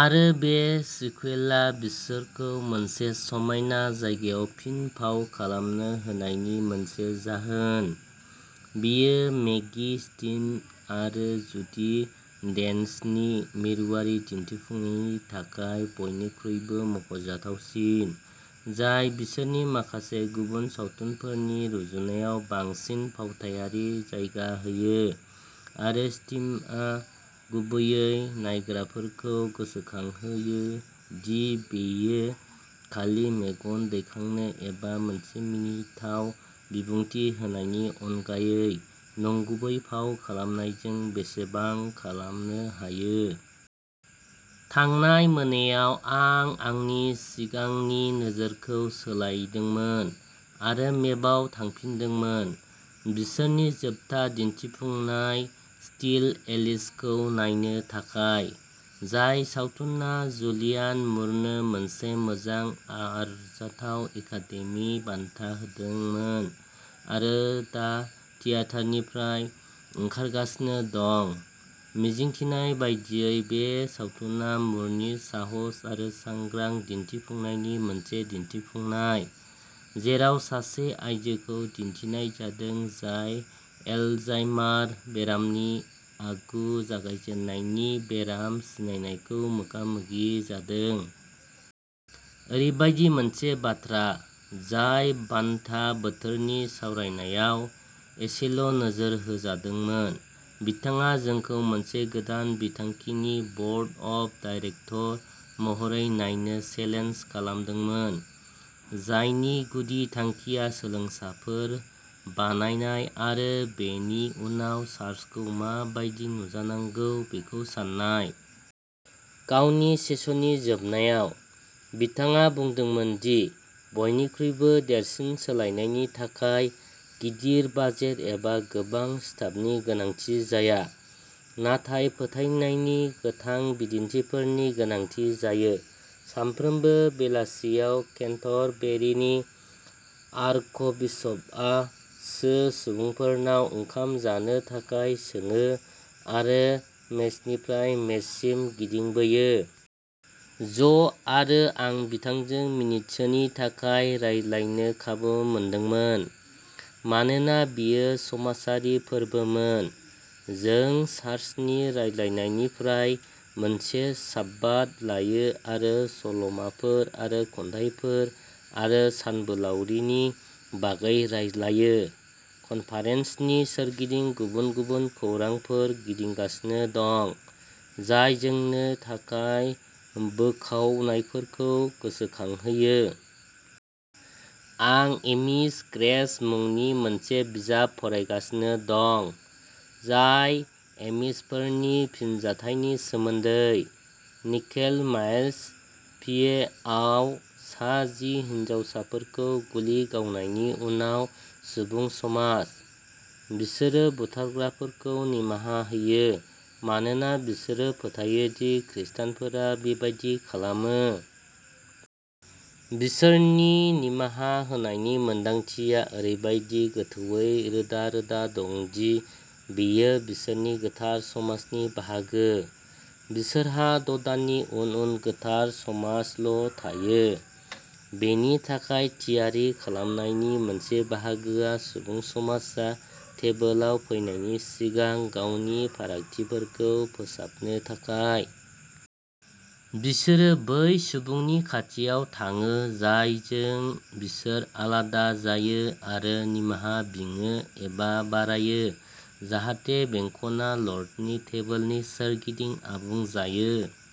आरो बे सिक्वेलआ बिसोरखौ मोनसे समायना जायगायाव फिन फाव खालामनो होनायनि मोनसे जाहोन। बेयो मेगी स्मिथ आरो जुडी डेन्चनि मिरुआरि दिन्थिफुंनायनि थाखाय बयनिख्रुइबो मख'जाथावसिन, जाय बिसोरनि माखासे गुबुन सावथुनफोरनि रुजुनायाव बांसिन फावथायारि जायगा होयो, आरो स्मिथआ गुबैयै नायग्राफोरखौ गोसोखांहोयो दि बियो खालि मेगन दैखांनो एबा मोनसे मिनिथाव बिबुंथि होनायनि अनगायै नंगुबै फाव खालामनायजों बेसेबां खालामनो हायो। थांनाय मोनायाव आं आंनि सिगांनि नोजोरखौ सोलायदोंमोन आरो मेपलआव थांफिनदोंमोन बिसोरनि जोबथा दिन्थिफुंनाय स्टिल एलिसखौ नायनो थाखाय, जाय सावथुनआ जुलियान मुरनो मोनसे मोजां-आरजाथाव एकादेमि बान्था होदोंमोन आरो दा थियेटारनिफ्राय ओंखारगासिनो दं। मिजिंथिनाय बायदियै, बे सावथुना मुरनि साहस आरो सांग्रां दिन्थिफुंनायनि मोनसे दिन्थिफुंनाय, जेराव सासे आयजोखौ दिन्थिनाय जादों जाय एलजाइमार बेरामनि आगु जागायजेन्नायनि बेराम सिनायनायखौ मोगा-मोगि जादों। ओरैबायदि मोनसे बाथ्रा जाय बान्था बोथोरनि सावरायनायाव एसेल'नोजोर होजादोंमोन। बिथाङा जोंखौ मोनसे गोदान बिथांखिनि बर्ड अफ डाइरेकटर महरै नायनो चेलेन्ज खालामदोंमोन, जायनि गुदि थांखिया सोलोंसाफोर बानायनाय आरो बेनि उनाव चार्चखौ मा बायदि नुजानांगौ बेखौ सान्नाय। गावनि सेसननि जोबनायाव, बिथाङा बुंदोंमोन दि बयनिख्रुइबो देरसिन सोलायनायनि थाखाय गिदिर बाजेट एबा गोबां स्टाफनि गोनांथि जाया, नाथाय फोथायनायनि गोथां बिदिन्थिफोरनि गोनांथि जायो। सानफ्रोमबो बेलासियाव केन्टरबेरिनि आर्कबिशपआ सो सुबुंफोरनाव ओंखाम जानो थाखाय सोङो आरो मेजनिफ्राय मेजसिम गिदिंबोयो। ज'आरो आं बिथांजों मिनिटसोनि थाखाय रायज्लायनो खाबु मोनदोंमोन। मानोना बेयो समाजारि फोरबोमोन, जों चार्चनि रायज्लायनायनिफ्राय मोनसे साब्बाथ लायो आरो सल'माफोर आरो खन्थाइफोर आरो सानबोलावरिनि बागै रायज्लायो। कनफारेन्सनि सोरगिदिं गुबुन गुबुन खौरांफोर गिदिंगासिनो दं, जाय जोंनो थानाय बोखावनायफोरखौ गोसोखांहोयो। आं एमिश ग्रेस मुंनि मोनसे बिजाब फरायगासिनो दं, जाय एमिशफोरनि फिनजाथायनि सोमोन्दै। निकेल माइन्स, पिएआव सा जि हिनजावसाफोरखौ गुलि गावनायनि उनाव सुबुं समाज। बिसोरो बुथारग्राफोरखौ निमाहा होयो मानोना बिसोरो फोथायो दि खृष्टानफोरा बेबादि खालामो। बिसोरनि निमाहा होनायनि मोन्दांथिया ओरैबायदि गोथौवै रोदा-रोदा दं दि बेयो बिसोरनि गोथार समाजनि बाहागो। बिसोरहा द'दाननि उन-उन गोथार समाजल'थायो। बेनि थाखाय थियारि खालामनायनि मोनसे बाहागोआ सुबुं समाजआ टेबोलाव फैनायनि सिगां गावनि फारागथिफोरखौ फोसाबनो थाखाय। बिसोरो बै सुबुंनि खाथियाव थाङो जायजों बिसोर आलादा जायो आरो निमाहा बिङो एबा बारायो जाहाथे बेंखनआ लर्डनि टेबोलनि सोरगिदिं आबुं जायो।